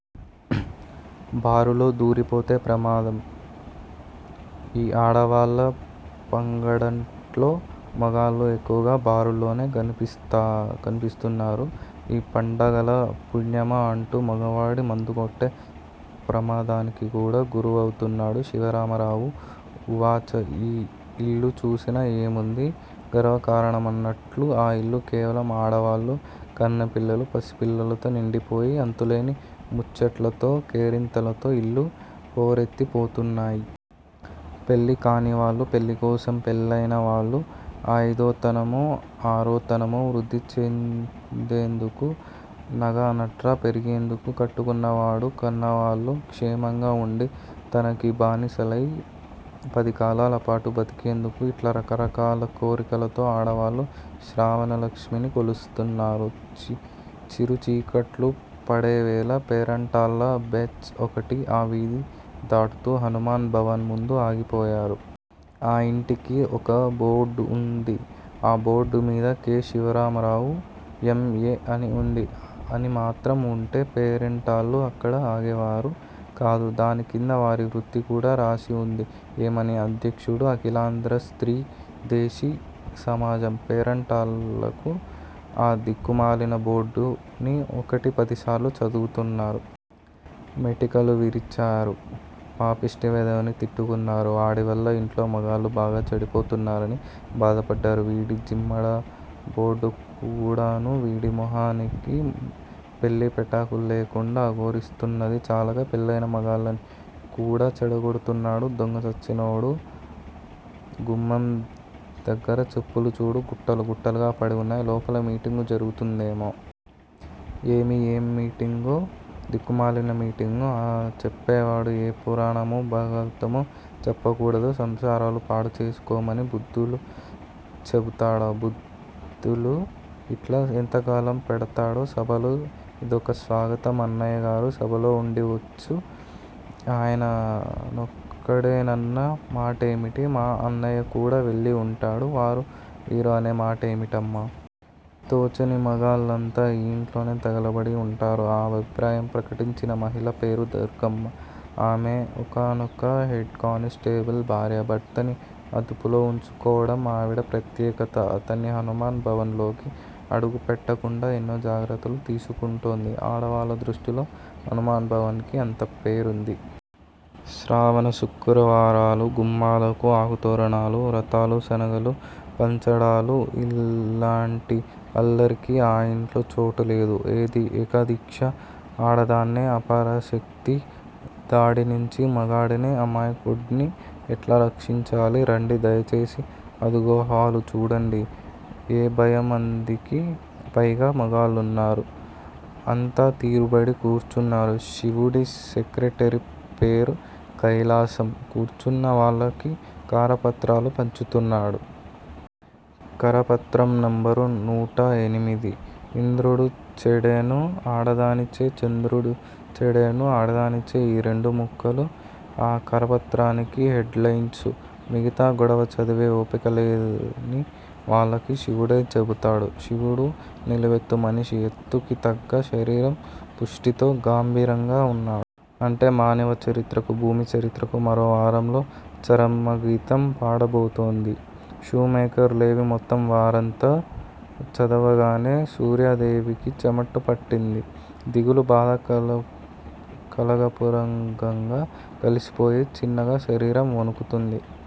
బారుల్లో దూరిపోతే ప్రమాదం. ఈ ఆడవాళ్ళ పంగడట్లో మగాళ్లు ఎక్కువగా బారుల్లోనే కనిపిస్తున్నారు. ఈ పండగల పుణ్యమా అంటూ మగవాడు మందుకొట్టే ప్రమాదానికి కూడా గురువుతున్నాడు-శివరామారావు ఉవాచ ఏ ఇల్లు చూసినా ఏముంది గర్వకారణమన్నట్లు-ఆ ఇల్లు కేవలం ఆడవాళ్ళూ, కన్నె పిల్లలూ, పసిపిల్లలతో నిండిపోయి అంతులేని ముచ్చట్లతో, కేరింతలతో ఇళ్ళు హోరెత్తిపోతున్నాయి. పెళ్ళి కానివాళ్ళు పెళ్ళికోసం-పెళ్ళయిన వాళ్ళు అయిదోతనమో ఆరోతనమో వృద్ధి చెందేందుకు నగానట్రా పెరిగేందుకు కట్టుకున్న వాడూ, కన్నవాళ్ళు క్షేమంగా వుండి తనకి బానిసలై పదికాలాలపాటు బతికేందుకు. ఇట్లా రకరకాల కోరికలతో ఆడవాళ్లు శ్రావణలక్ష్మిని కొలుస్తున్నారు. చిరుచీకట్లు పడేవేళ పేరంటాళ్ళ బేచ్ ఒకటి ఆ వీధి దాటుతూ హనుమాన్ భవన్ ముందు ఆగిపోయారు. ఆ ఇంటికి ఒక బోర్డుంది. ఆ బోర్డుమీద కె. శివరామారావు ఎం. ఎ. అని వుంది. అని మాత్రం వుంటే పేరంటాళ్లు అక్కడ ఆగేవారు కాదు. దానికింద వారి వృత్తి కూడా రాసి వుంది. ఏమని? అధ్యక్షుడు. అఖిలాంధ్ర స్త్రీ ద్వేషీ సమాజం. పేరంటాళ్లకు ఆ దిక్కుమాలిన బోర్డుని ఒకటి పదిసార్లు చదువుతున్నారు. మెటికలు విరిచారు. పాపిష్ఠి వెధవని తిట్టుకున్నారు. వాడివల్ల ఇంట్లో మగాళ్ళు బాగా చెడిపోతున్నారని బాధపడ్డారు. వీడి జిమ్మడ! బోర్డుకూడాను వీడి మొహానికి? పెళ్ళీ పెటాకుల్లేకుండా అఘోరిస్తున్నది చాలక పెళ్ళయిన మగాళ్ళని కూడా చెడగొడుతున్నాడు దొంగచచ్చినోడు. గుమ్మందగ్గర చెప్పులు చూడు గుట్టలు గుట్టలుగా పడి ఉన్నాయి. లోపల మీటింగు జరుగుతూందేమో! ఏమి మీటింగో దిక్కుమాలిన మీటింగు! ఆ చెప్పేవాడు ఏ పురాణమో, భాగవతమో చెప్పకూడదూ? సంసారాలు పాడుచేసుకోమని బుద్ధులు చెబుతాడా బుద్ధులు! ఇట్లా ఎంతకాలం పెడతాడో సభలు! ఇదొక స్వాగతం. అన్నయ్యగారు సభలో ఉండివచ్చు! ఆయన నొక్కడేనన్న మాటేమిటి? మా అన్నయ్య కూడా వెళ్ళివుంటాడు.. వారూ వీరూ అనే మాటేమిటమ్మా! తోచని మగాళ్ళంతా ఈ ఇంట్లోనే తగలడి వుంటారు. -ఆ అభిప్రాయం ప్రకటించిన మహిళ పేరు దుర్గమ్మ. ఆమె ఒకానొక హెడ్ కానిస్టేబుల్ భార్య. భర్తని అదుపులో వుంచుకోవడం ఆవిడ ప్రత్యేకత. అతన్ని హనుమాన్ భవన్లోకి అడుగు పెట్టకుండా ఎన్నో జాగ్రత్తలు తీసుకుంటోంది. ఆడవాళ్ళ దృష్టిలో హనుమాన్ భవన్ కి అంత పేరుంది! శ్రావణ శుక్రవారాలు, గుమ్మాలకు ఆకుతోరణాలు, వ్రతాలు, శనగలు పంచడాలూ ఇల్లాంటి అల్లరికి ఆ ఇంట్లో చోటులేదు. ఏకదీక్ష! ఆడదానే అపరశక్తి దాడినుంచి మగాడిని అమాయకుడ్ని ఎట్లా రక్షించాలి? రండి దయచేసి అదుగో హాలు. చూడండి. ఏభయిమందికి పైగా మగాళ్ళున్నారు. అంతా తీరుబడి కూర్చున్నారు. శివుడి సెక్రటరీ-పేరు కైలాసం-కూర్చున్న వాళ్ళకి కారపత్రాలు పంచుతున్నాడు. కరపత్రం నెంబరు నూట ఎనిమిది! ఇంద్రుడు చెడెను ఆడదానిచే చంద్రుడు చెడెను ఆడదానిచే -ఈ రెండు ముక్కలూ ఆ కరపత్రానికి హెడ్ లైన్సు! మిగతా గొడవ చదివే ఓపిక లేని వాళ్ళకి శివుడే చెబుతాడు. శివుడు నిలువెత్తు మనిషి, ఎత్తుకి తగ్గ శరీరం పుష్టితో గంభీరంగా వున్నాడు. అంటే మానవ చరిత్రకు, భూమి చరిత్రకు మరో వారంలో చరమగీతం పాడబోతోంది షూమేకర్- లెవీ- మొత్తం వారంతా చదవగానే సూర్యాదేవికి చెమటపట్టింది. దిగులు, బాధా కలగాపులగంగా కలిసిపోయాయి. చిన్నగా శరీరం వణుకుతుంది.